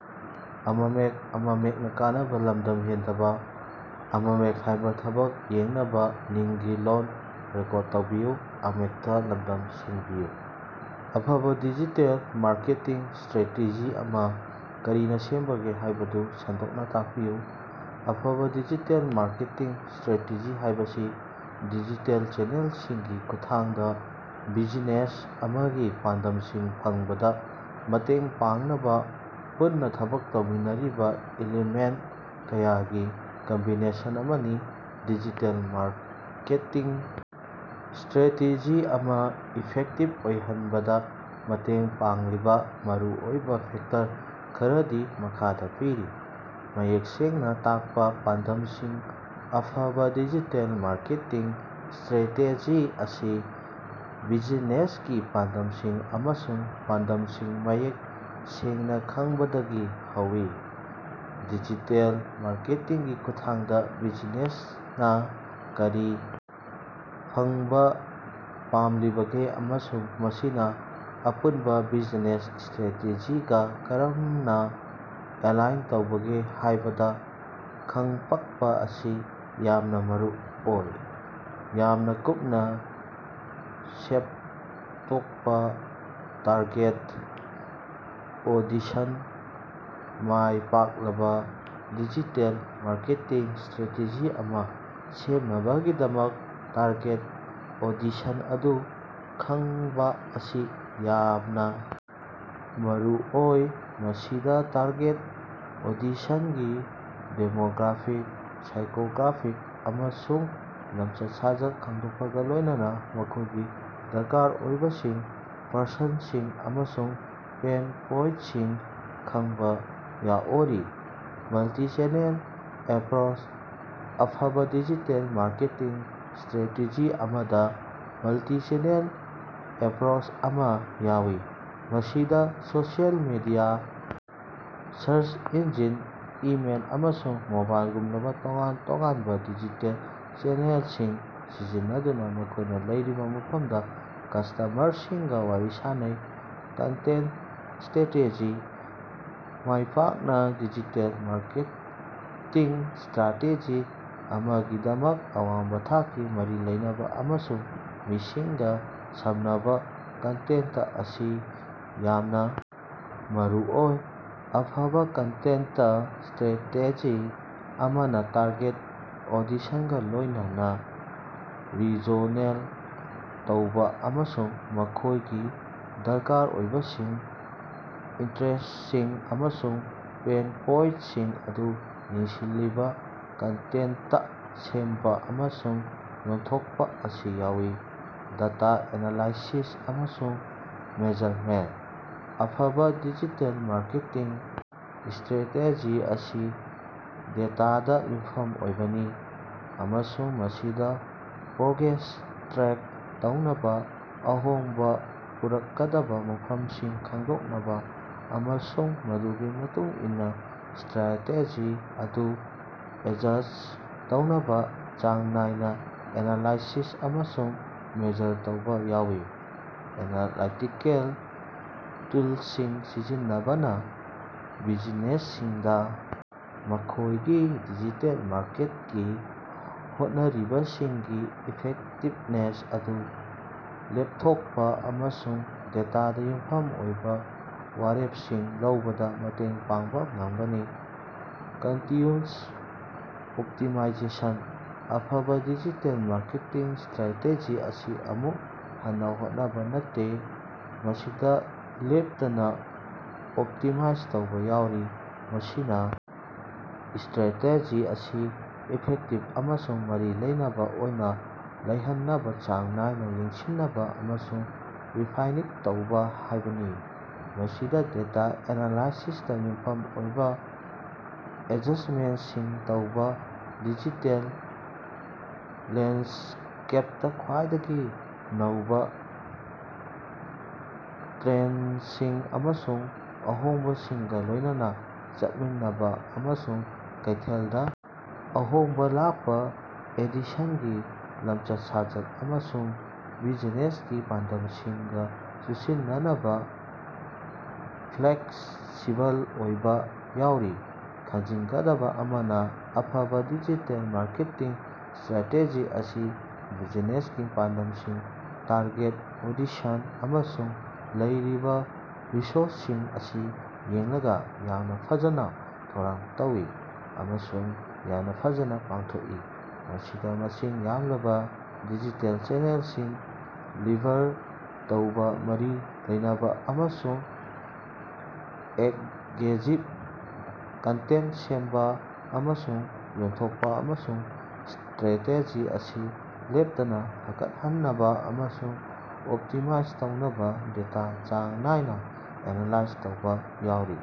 ꯑꯐꯕꯥ digital marketing strategy ꯑꯃꯥ ꯀꯔꯤꯅꯥ ꯁꯦꯝꯕꯒꯦ ꯍꯥꯏꯕꯗꯨ ꯁꯟꯗꯣꯛꯅꯥ ꯇꯥꯛꯄꯤꯌꯨ꯫ ꯑꯐꯕꯥ ꯗꯤꯖꯤꯇꯦꯜ ꯃꯥꯔꯀꯦꯇꯤꯡ ꯁ꯭ꯇꯔꯦꯇꯦꯖꯤ ꯍꯥꯏꯕꯁꯤ ꯗꯤꯖꯤꯇꯦꯜ ꯆꯦꯅꯦꯜꯁꯤꯡꯒꯤ ꯈꯨꯠꯊꯥꯡꯗꯥ ꯕꯤꯖꯤꯅꯦꯁ ꯑꯃꯒꯤ ꯄꯥꯟꯗꯝꯁꯤꯡ ꯐꯪꯕꯗꯥ ꯃꯇꯦꯡ ꯄꯥꯡꯅꯕꯥ ꯄꯨꯟꯅꯥ ꯊꯕꯛ ꯇꯧꯃꯤꯟꯅꯔꯤꯕꯥ ꯏꯂꯤꯃꯦꯟꯇ ꯀꯌꯥꯒꯤ ꯀꯝꯕꯤꯅꯦꯁꯟ ꯑꯃꯅꯤ꯫ ꯗꯤꯖꯤꯇꯦꯜ ꯃꯥꯔꯀꯦꯇꯤꯡ ꯁ꯭ꯇꯔꯦꯇꯦꯖꯤ ꯑꯃꯥ ꯏꯐꯦꯛꯇꯤꯕ ꯑꯣꯏꯍꯟꯕꯗꯥ ꯃꯇꯦꯡ ꯄꯥꯡꯂꯤꯕꯥ ꯃꯔꯨꯑꯣꯏꯕꯥ ꯐꯦꯛꯇꯔ ꯈꯔꯗꯤ ꯃꯈꯥꯗꯥ ꯄꯤꯔꯤ: ꯃꯌꯦꯛ ꯁꯦꯡꯅꯥ ꯇꯥꯛꯄꯥ ꯄꯥꯟꯗꯝꯁꯤꯡ: ꯑꯐꯕꯥ ꯗꯤꯖꯤꯇꯦꯜ ꯃꯥꯔꯀꯦꯇꯤꯡ ꯁ꯭ꯇꯔꯦꯇꯦꯖꯤ ꯑꯁꯤ ꯕꯤꯖꯤꯅꯦꯁꯀꯤ ꯄꯥꯟꯗꯝꯁꯤꯡ ꯑꯃꯁꯨꯡ ꯄꯥꯟꯗꯝꯁꯤꯡ ꯃꯌꯦꯛ ꯁꯦꯡꯅꯥ ꯈꯪꯕꯗꯒꯤ ꯍꯧꯏ꯫ ꯗꯤꯖꯤꯇꯦꯜ ꯃꯥꯔꯀꯦꯇꯤꯡꯒꯤ ꯈꯨꯠꯊꯥꯡꯗꯥ ꯕꯤꯖꯤꯅꯦꯁꯅꯥ ꯀꯔꯤ ꯐꯪꯕꯥ ꯄꯥꯝꯂꯤꯕꯒꯦ ꯑꯃꯁꯨꯡ ꯃꯁꯤꯅ ꯑꯄꯨꯟꯕ ꯕꯤꯖꯤꯅꯦꯁ ꯁ꯭ꯇꯔꯦꯇꯦꯖꯤꯒꯥ ꯀꯔꯝꯅꯥ ꯑꯦꯂꯥꯏꯟ ꯇꯧꯕꯒꯦ ꯍꯥꯏꯕꯗ ꯈꯪꯗꯣꯛꯄꯛꯄꯥ ꯑꯁꯤ ꯌꯥꯝꯅꯥ ꯃꯔꯨꯑꯣꯏ꯫ ꯌꯥꯝꯅꯥ ꯀꯨꯞꯅꯥ ꯁꯦꯞꯗꯣꯛꯄꯥ ꯇꯥꯔꯒꯦꯠ ꯑꯣꯗꯤꯁꯟ: ꯃꯥꯏ ꯄꯥꯛꯂꯕꯥ ꯗꯤꯖꯤꯇꯦꯜ ꯃꯥꯔꯀꯦꯇꯤꯡ ꯁ꯭ꯠꯔꯦꯇꯦꯖꯤ ꯑꯃꯥ ꯁꯦꯝꯅꯕꯒꯤꯗꯃꯛ ꯇꯥꯔꯒꯦꯠ ꯑꯣꯗꯤꯁꯟ ꯑꯗꯨ ꯈꯪꯕꯥ ꯑꯁꯤ ꯌꯥꯝꯅꯥ ꯃꯔꯨꯑꯣꯏ꯫ ꯃꯁꯤꯗꯥ ꯇꯥꯔꯒꯦꯠ ꯑꯣꯗꯤꯁꯟꯒꯤ ꯗꯦꯃꯣꯒ꯭ꯔꯥꯐꯤꯛ, ꯁꯥꯏꯀꯣꯒ꯭ꯔꯥꯐꯤꯛ, ꯑꯃꯁꯨꯡ ꯂꯝꯆꯠ-ꯁꯥꯖꯠ ꯈꯪꯗꯣꯛꯄꯒꯥ ꯂꯣꯏꯅꯅꯥ ꯃꯈꯣꯏꯒꯤ ꯗꯔꯀꯥꯔ ꯑꯣꯏꯕꯁꯤꯡ, ꯄꯁꯟꯗꯁꯤꯡ ꯑꯃꯁꯨꯡ ꯄꯦꯟ ꯄꯣꯏꯟꯇꯁꯤꯡ ꯈꯪꯕꯥ ꯌꯥꯎꯔꯤ꯫ ꯃꯜꯇꯤꯆꯦꯅꯦꯜ ꯑꯦꯞꯔꯣꯆ: ꯑꯐꯕꯥ ꯗꯤꯖꯤꯇꯦꯜ ꯃꯥꯔꯀꯦꯇꯤꯡ ꯁ꯭ꯇꯔꯦꯇꯦꯖꯤ ꯑꯃꯗꯥ ꯃꯜꯇꯤꯆꯦꯅꯦꯜ ꯑꯦꯞꯔꯣꯆ ꯑꯃꯥ ꯌꯥꯎꯏ꯫ ꯃꯁꯤꯗꯥ social media search engine, email, ꯑꯃꯁꯨꯡ ꯃꯣꯕꯥꯏꯂꯒꯨꯝꯕꯥ ꯇꯣꯉꯥꯟ ꯇꯣꯉꯥꯟꯕꯥ ꯗꯤꯖꯤꯇꯦꯜ ꯆꯦꯅꯦꯜꯁꯤꯡ ꯁꯤꯖꯤꯟꯅꯗꯨꯅꯥ ꯃꯈꯣꯏꯅꯥ ꯂꯩꯔꯤꯕꯥ ꯃꯐꯝꯗꯥ ꯀꯁ꯭ꯇꯃꯔꯁꯤꯡꯒꯥ ꯋꯥꯔꯤ ꯁꯥꯅꯩ꯫ ꯀꯟꯇꯦꯟꯇ ꯁ꯭ꯇꯔꯦꯇꯦꯖꯤ: ꯃꯥꯏꯄꯥꯛꯅꯥ ꯗꯤꯖꯤꯇꯦꯜ ꯃꯥꯔꯀꯦꯇꯤꯡ ꯁ꯭ꯇꯔꯥꯇꯦꯖꯤ ꯑꯃꯒꯤꯗꯃꯛ ꯑꯋꯥꯡꯕꯥ ꯊꯥꯛꯀꯤ, ꯃꯔꯤ ꯂꯩꯅꯕꯥ, ꯑꯃꯁꯨꯡ ꯃꯤꯁꯤꯡꯒꯥ ꯁꯝꯅꯕꯥ ꯀꯟꯇꯦꯟꯇ ꯑꯁꯤ ꯌꯥꯝꯅꯥ ꯃꯔꯨꯑꯣꯏ꯫ ꯑꯐꯕꯥ ꯀꯟꯇꯦꯟꯇ ꯁ꯭ꯇꯔꯦꯇꯦꯖꯤ ꯑꯃꯅꯥ ꯇꯥꯔꯒꯦꯠ ꯑꯣꯗꯤꯁꯟꯒꯥ ꯂꯣꯏꯅꯅꯥ ꯔꯤꯖꯣꯅꯦꯠ ꯇꯧꯕꯥ ꯑꯃꯁꯨꯡ ꯃꯈꯣꯏꯒꯤ ꯗꯔꯀꯥꯔ ꯑꯣꯏꯕꯁꯤꯡ ꯏꯟꯇꯔꯦꯁ꯭ꯇꯁꯤꯡ ꯑꯃꯁꯨꯡ ꯄꯦꯟ ꯄꯣꯏꯟꯇꯁꯤꯡ ꯑꯗꯨ ꯌꯦꯡꯁꯤꯜꯂꯤꯕꯥ ꯀꯟꯇꯦꯟꯇ ꯁꯦꯝꯕꯥ ꯑꯃꯁꯨꯡ ꯌꯦꯟꯊꯣꯛꯄꯥ ꯑꯁꯤ ꯌꯥꯎꯏ꯫ ꯗꯥꯇꯥ ꯑꯦꯅꯥꯂꯥꯏꯁꯤꯁ ꯑꯃꯁꯨꯡ ꯃꯦꯖꯔꯃꯦꯟꯇ: ꯑꯐꯕꯥ ꯗꯤꯖꯤꯇꯦꯜ ꯃꯥꯔꯀꯦꯇꯤꯡ ꯁ꯭ꯇꯔꯦꯇꯦꯖꯤ ꯑꯁꯤ ꯗꯦꯇꯥꯗꯥ ꯌꯨꯝꯐꯝ ꯑꯣꯏꯕꯅꯤ꯫ ꯑꯃꯁꯨꯡ ꯃꯁꯤꯗꯥ ꯄ꯭ꯔꯣꯒ꯭ꯔꯦꯁ ꯇ꯭ꯔꯦꯛ ꯇꯧꯅꯕꯥ, ꯑꯍꯣꯡꯕꯥ ꯄꯨꯔꯛꯀꯗꯕꯥ ꯃꯐꯝꯁꯤꯡ ꯈꯪꯗꯣꯛꯅꯕꯥ ꯑꯃꯁꯨꯡ ꯃꯗꯨꯒꯤ ꯃꯇꯨꯡ ꯏꯟꯅꯥ ꯁ꯭ꯇꯔꯦꯇꯦꯖꯤ ꯑꯗꯨ ꯑꯦꯗꯖꯁ꯭ꯠ ꯇꯧꯅꯕꯥ ꯆꯥꯡ ꯅꯥꯏꯅꯥ ꯑꯦꯅꯥꯂꯥꯏꯁꯤꯁ ꯑꯃꯁꯨꯡ ꯃꯦꯖꯔ ꯇꯧꯕꯥ ꯌꯥꯎꯏ꯫ ꯑꯦꯅꯥꯂꯥꯏꯇꯤꯀꯦꯜ ꯇꯨꯜꯁꯤꯡ ꯁꯤꯖꯤꯟꯅꯕꯅꯥ ꯕꯤꯖꯤꯅꯦꯁꯁꯤꯡꯗꯥ ꯃꯈꯣꯏꯒꯤ ꯗꯤꯖꯤꯇꯦꯜ ꯃꯥꯔꯀꯦꯇꯤꯡꯒꯤ ꯍꯣꯠꯅꯔꯤꯕꯁꯤꯡꯒꯤ ꯏꯐꯦꯛꯇꯤꯕꯅꯦꯁ ꯑꯗꯨ ꯂꯦꯄꯊꯣꯛꯄꯥ ꯑꯃꯁꯨꯡ ꯗꯦꯇꯥꯗꯥ ꯌꯨꯝꯐꯝ ꯑꯣꯏꯕꯥ ꯋꯥꯔꯦꯄꯁꯤꯡ ꯂꯧꯕꯗꯥ ꯃꯇꯦꯡ ꯄꯥꯡꯕꯥ ꯉꯝꯒꯅꯤ꯫ ꯀꯟꯇꯤꯟꯌꯨꯎꯁ ꯑꯣꯞꯇꯤꯃꯥꯏꯖꯦꯁꯟ: ꯑꯐꯕꯥ ꯗꯤꯖꯤꯇꯦꯜ ꯃꯥꯔꯀꯦꯇꯤꯡ ꯁ꯭ꯇꯔꯦꯇꯦꯖꯤ ꯑꯁꯤ ꯑꯃꯨꯛ ꯍꯟꯅꯥ ꯍꯣꯠꯅꯕꯥ ꯅꯠꯇꯦ꯫ ꯃꯁꯤꯗꯥ ꯂꯦꯞꯇꯅꯥ ꯑꯣꯞꯇꯤꯃꯥꯏꯖ ꯇꯧꯕꯥ ꯌꯥꯎꯔꯤ꯫ ꯃꯁꯤꯅꯥ ꯁ꯭ꯇꯔꯦꯇꯦꯖꯤ ꯑꯁꯤ ꯏꯐꯦꯛꯇꯤꯕ ꯑꯃꯁꯨꯡ ꯃꯔꯤ ꯂꯩꯅꯕꯥ ꯑꯣꯏꯅꯥ ꯂꯩꯍꯟꯅꯕꯥ ꯆꯥꯡ ꯅꯥꯏꯅꯥ ꯌꯦꯡꯁꯤꯅꯕꯥ ꯑꯃꯁꯨꯡ ꯔꯤꯐꯥꯏꯅꯤꯡ ꯇꯧꯕꯥ ꯍꯥꯏꯕꯅꯤ꯫ ꯃꯁꯤꯗꯥ ꯗꯦꯇꯥ ꯑꯦꯅꯥꯂꯥꯏꯁꯤꯁꯇꯥ ꯌꯨꯝꯐꯝ ꯑꯣꯏꯕꯥ ꯑꯦꯗꯖꯁ꯭ꯇꯃꯦꯟꯇꯁꯤꯡ ꯇꯧꯕꯥ ꯗꯤꯖꯤꯇꯦꯜ ꯂꯦꯟꯗꯁ꯭ꯀꯦꯄꯇꯥ ꯈ꯭ꯋꯥꯏꯗꯒꯤ ꯅꯧꯕꯥ ꯇ꯭ꯔꯦꯟꯗꯁꯤꯡ ꯑꯃꯁꯨꯡ ꯑꯍꯣꯡꯕꯁꯤꯡꯒꯥ ꯂꯣꯏꯅꯅꯥ ꯆꯠꯃꯤꯟꯅꯕꯥ, ꯑꯃꯁꯨꯡ ꯀꯩꯊꯦꯜꯗꯥ ꯑꯍꯣꯡꯕꯥ ꯂꯥꯛꯄꯥ ꯑꯣꯗꯤꯁꯟꯒꯤ ꯂꯝꯆꯠ-ꯁꯥꯖꯠ ꯑꯃꯁꯨꯡ ꯕꯤꯖꯤꯅꯦꯁꯀꯤ ꯄꯥꯟꯗꯝꯁꯤꯡꯒꯥ ꯆꯨꯁꯤꯟꯅꯅꯕꯥ ꯐ꯭ꯂꯦꯛꯁꯤꯕꯜ ꯑꯣꯏꯕꯥ ꯌꯥꯎꯔꯤ꯫ ꯈꯪꯖꯤꯟꯒꯗꯕꯥ ꯑꯃꯅꯥ ꯑꯐꯕꯥ ꯗꯤꯖꯤꯇꯦꯜ ꯃꯥꯔꯀꯦꯇꯤꯡ ꯁ꯭ꯇꯔꯦꯇꯦꯖꯤ ꯑꯁꯤ ꯕꯤꯖꯤꯅꯦꯁꯀꯤ ꯄꯥꯟꯗꯝꯁꯤꯡ, ꯇꯥꯔꯒꯦꯠ ꯑꯣꯗꯤꯁꯟ, ꯑꯃꯁꯨꯡ ꯂꯩꯔꯤꯕꯥ ꯔꯤꯁꯣꯔꯁꯁꯤꯡ ꯑꯁꯤ ꯌꯦꯡꯂꯒꯥ ꯌꯥꯝꯅꯥ ꯐꯖꯅꯥ ꯊꯧꯔꯥꯡ ꯇꯧꯏ ꯑꯃꯁꯨꯡ ꯌꯥꯝꯅꯥ ꯐꯖꯅꯥ ꯄꯥꯡꯊꯣꯛꯏ꯫ ꯃꯁꯤꯗꯥ ꯃꯁꯤꯡ ꯌꯥꯝꯂꯕꯥ ꯗꯤꯖꯤꯇꯦꯜ ꯆꯦꯅꯦꯜꯁꯤꯡ ꯂꯤꯚꯔ ꯇꯧꯕꯥ ꯃꯔꯤ ꯂꯩꯅꯕꯥ ꯑꯃꯁꯨꯡ ꯑꯦꯉ꯭ꯒꯦꯖꯤꯡ ꯀꯟꯇꯦꯟꯇ ꯁꯦꯝꯕꯥ ꯑꯃꯁꯨꯡ ꯌꯦꯟꯊꯣꯛꯄꯥ, ꯑꯃꯁꯨꯡ ꯁ꯭ꯇꯔꯦꯇꯦꯖꯤ ꯑꯁꯤ ꯂꯦꯞꯇꯅꯥ ꯐꯒꯠꯍꯟꯅꯕꯥ ꯑꯃꯁꯨꯡ ꯑꯣꯞꯇꯤꯃꯥꯏꯖ ꯇꯧꯅꯕꯥ ꯗꯦꯇꯥ ꯆꯥꯡ ꯅꯥꯏꯅꯥ ꯑꯦꯅꯥꯂꯥꯏꯖ ꯇꯧꯕꯥ ꯌꯥꯎꯔꯤ꯫।